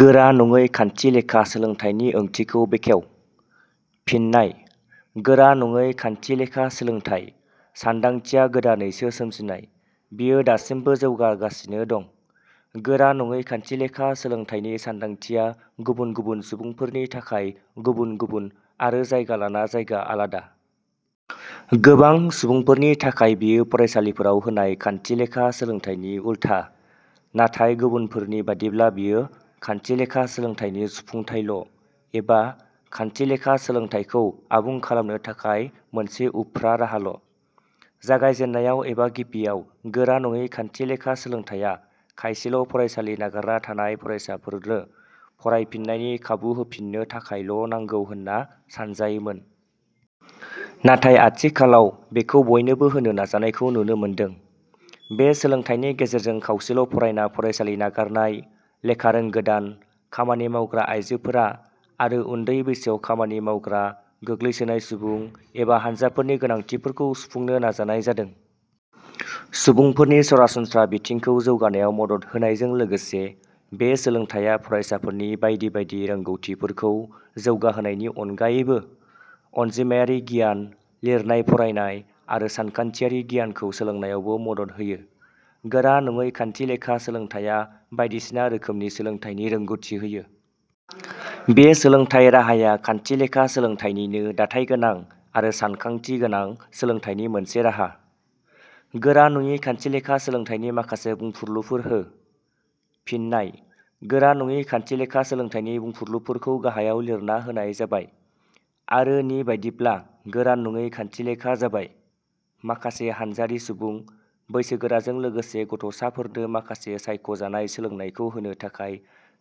गोरा नङै खान्थिलेखा सोलोंथाइनि ओंथिखौ बेखेव। फिननाय: गोरा नङै खान्थिलेखा सोलोंथाइ ' सानदांथिया गोदाननैसो सोमजिनाय बियो दासिमबो जौगागासिनो दं। गोरा नङै खान्थिलेखा सोलोंथाइनि सानदांथिया गुबुन गुबुन सुबुंफोरनि थाखाय गुबुन गुबुन आरो जायगा लाना जायगा आलादा। गोबां सुबुंफोरनि थाखाय बेयो फरायसालिफोराव होनाय खान्थिलेखा सोलोंथाइनि उलथा नाथाय गुबुनफोरनि बादिब्ला बेयो खान्थिलेखा सोलोंथाइनि सुफुंथाय ल' एबा खान्थिलेखा सोलोंथाइखौ आबुं खालामनो थाखाय मोनसे उफ्रा राहाल'। जागायजेननायाव एबा गिबियाव गोरा नङै खान्थिलेखा सोलोंथाइया खायसेल' फरायसालि नागारना थानाय फरायसाफोरनो फरायफिननायनि खाबु होफिननो थाखायल'नांगौ होनना सानजायोमोन। नाथाय आथिखालाव बेखौ बयनोबो होनो नाजानायखौ नुनो मोनदों। बे सोलोंथाइनि गेजेरजों खावसेल ' फरायना फरायसालि नागारनाय, लेखा रोंगोदान, खामानि मावग्रा आइजोफोरा आरो उन्दै बैसोआव खामानि मावग्रा, गोग्लैसोनाय सुबुं एबा हानजाफोरनि गोनांथिफोरखौ सुबुंनो नाजानाय जादों। सुबुंफोरनि सरासनस्रा बिथिंखौ जौगानायाव मदद होनायजों लोगोसे बे सोलोंथाइया फरायसाफोरनि बायदि बायदि रोंगौथिफोरखौ जौगाहोनायनि अनगायैबो अनजिमायारि गियान, लिरनाय फरायनाय आरो सानखान्थियारि गियानखौ सोलोंनायावबो मदद होयो। गोरा नङै खान्थिलेखा सोलोंथाइया बायदिसिना रोखोमनि सोलोंथाइनि रोंगौथि होयो। बे सोलोंथाइ राहाया खान्थिलेखा सोलोंथाइनिनो दाथाइगोनां आरो सानखांथि गोनां सोलोंथाइनि मोनसे राहा।. गोरा नङै खान्थिलेखा सोलोंथाइनि माखासे बुंफुरलुफोर हो। फिन्नाय: गोरा नङै खान्थिलेखा सोलोंथाइनि बुंफुरलुफोरखौ गाहायाव लिरना होनाय जाबाय:. आरो नि बादिब्ला गोरानङै खान्थिलेखा जाबाय " माखासे हानजारि सुबुं, बैसोगोराजों लोगोसे गथ 'साफोरनो माखासे सायख' जानाय सोलोंनायखौ होनो थाखाय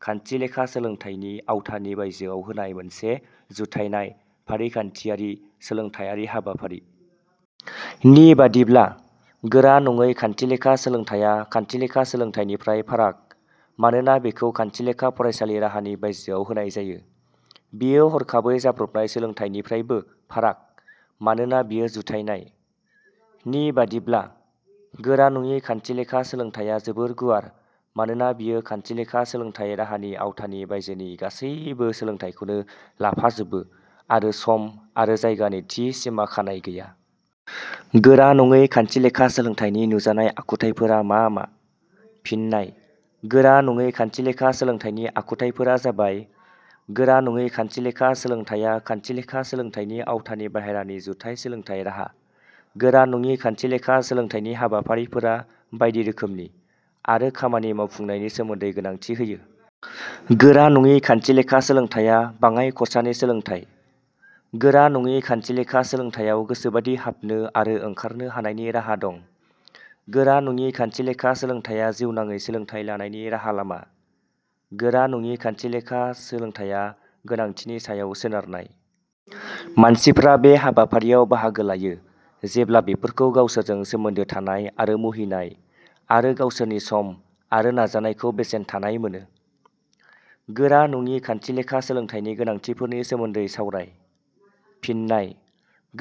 खान्थिलेखा सोलोंथाइनि आवथानि बायजोआव होनाय मोनसे जुथायनाय, फारिखान्थियारि, सोलोंथाइयारि हाबाफारि। "... नि बादिब्ला," गोरा नङै खान्थिलेखा सोलोंथाइया खान्थिलेखा सोलोंथाइइनिफ्राय फाराग मानोना बेखौ खान्थिलेखा फरायसालि राहानि बायजोआव होनाय जायो। बेयो हरखाबै जाब्रबनाय सोलोंथाइनिफ्रायबो फाराग मानोना बेयो जुथायनाय। " नि बादिब्ला," गोरा नङै खान्थिलेखा सोलोंथाइया जोबोर गुवार मानोना बेयो खान्थिलेखा सोलोंथाइ राहानि आवथानि बायजोनि गासैबो सोलोंथाइखौनो लाफाजोबो आरो सम आरो जायगानि थि सिमा खानाय गैया। ".गोरान नङै खान्थिलेखा सोलोंथाइनि नुजानाय आखुथाइफोरा मा मा? फिन्नाय: गोरान नङै खान्थिलेखा सोलोंथाइनि आखुथाइफोरा जाबाय:. गोरान नङै खान्थिलेखा सोलोंथाइया खान्थिलेखा सोलोंथाइनि आवथानि बाहेरानि जुथाइ सोलोंथाइ राहा।. गोरा नङै खान्थिलेखा सोलोंथाइनि हाबाफारिफोरा बायदि रोखोमनि आरो खामानि मावफुंनायनि सोमोन्दै गोनांथि होयो।. गोरा नङै खान्थिलेखा सोलोंथाइया बाङाइ खरसानि सोलोंथाइ।. गोरा नङै खान्थिलेखा सोलोंथाइयाव गोसोबादि हाबनो आरो ओंखारनो हानायनि राहा दं।. गोरा नङै खान्थिलेखा सोलोंथाइया जिउनाङै सोलोंथाइ लानायनि राहा लामा।. गोरा नङै खान्थिलेखा सोलोंथाइया गोनांथिनि सायाव सोनारनाय। मानसिफ्रा बे हाबाफारियाव बाहागो लायो जेब्ला बेफोरखौ गावसोरजों सोमोन्दो थानाय आरो मुहिनाय आरो गावसोरनि सम आरो नाजानायखौ बेसेन थानाय मोनो।. गोरा नङा खान्थिलेखा सोलोंथाइनि गोनांथिफोरनि सोमोन्दै सावराय। फिन्नाय: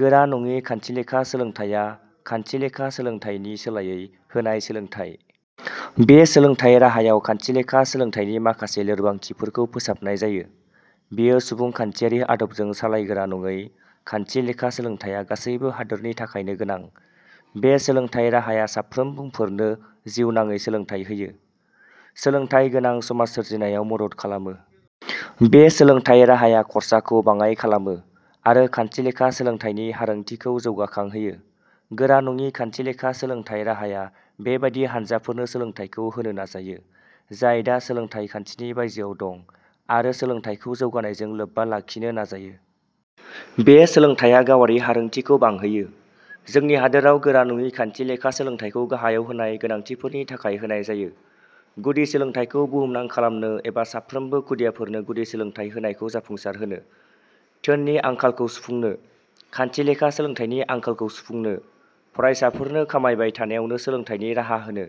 गोरा नङै खान्थिलेखा सोलोंथाइया खान्थिलेखा सोलोंथाइनि सोलायै होनाय सोलोंथाइ। बे सोलोंथाइ राहायाव खान्थिलेखा सोलोंथाइनि माखासे लोरबांथिफोरखौ फोसाबनाय जायो। बेयो सुबुंखान्थियारि आदबजों सालाय गोरा नङै खान्थिलेखा सोलोंथाइया गासैबो हादरनि थाखायनो गोनां। बे सोलोंथाइ राहाया साफ्रोम बुंफोरनो जिउनांङै सोलोंथाइ होनो, सोलोंथाइ गोनां समास सोरजिनायाव मदद खालामो। बे सोलोंथाइ राहाया खरसाखौ बाङाय खालामो आरो खान्थिलेखा सोलोंथाइनि हारोंथिखौ जौगाखां होयो। गोरा नङै खान्थिलेखा सोलोंथाइ राहाया बेबादि हानजाफोरनो सोलोंथाइखौ होनो नाजायो जाय दा सोलोंथाइ खान्थिनि बायजोआव दं आरो सोलोंथाइखौ जौगानायजों लोब्बा लाखिनो नाजायो। बे सोलोंथाइया गावआरि हारोंथिखौ बांहोयो। जोंनि हादराव गोरा नङै खान्थिलेखा सोलोंथाइखौ गाहायाव होनाय गोनांथिफोरनि थाखाय होनाय जायो: गुदि सोलोंथाइखौ बुहुमनां खालामनो एबा साफ्रोमबो खुदियाफोरनो गुदि सोलोंथाइ होनायखौ जाफुंसार होनो।. धोननि आंखालखौ सुफुंनो।. खान्थिलेखा सोलोंथाइनि आंखालखौ सुफुंनो।. फरायसाफोरनो खामायबाय थानायावनो सोलोंथाइनि राहा होनो।.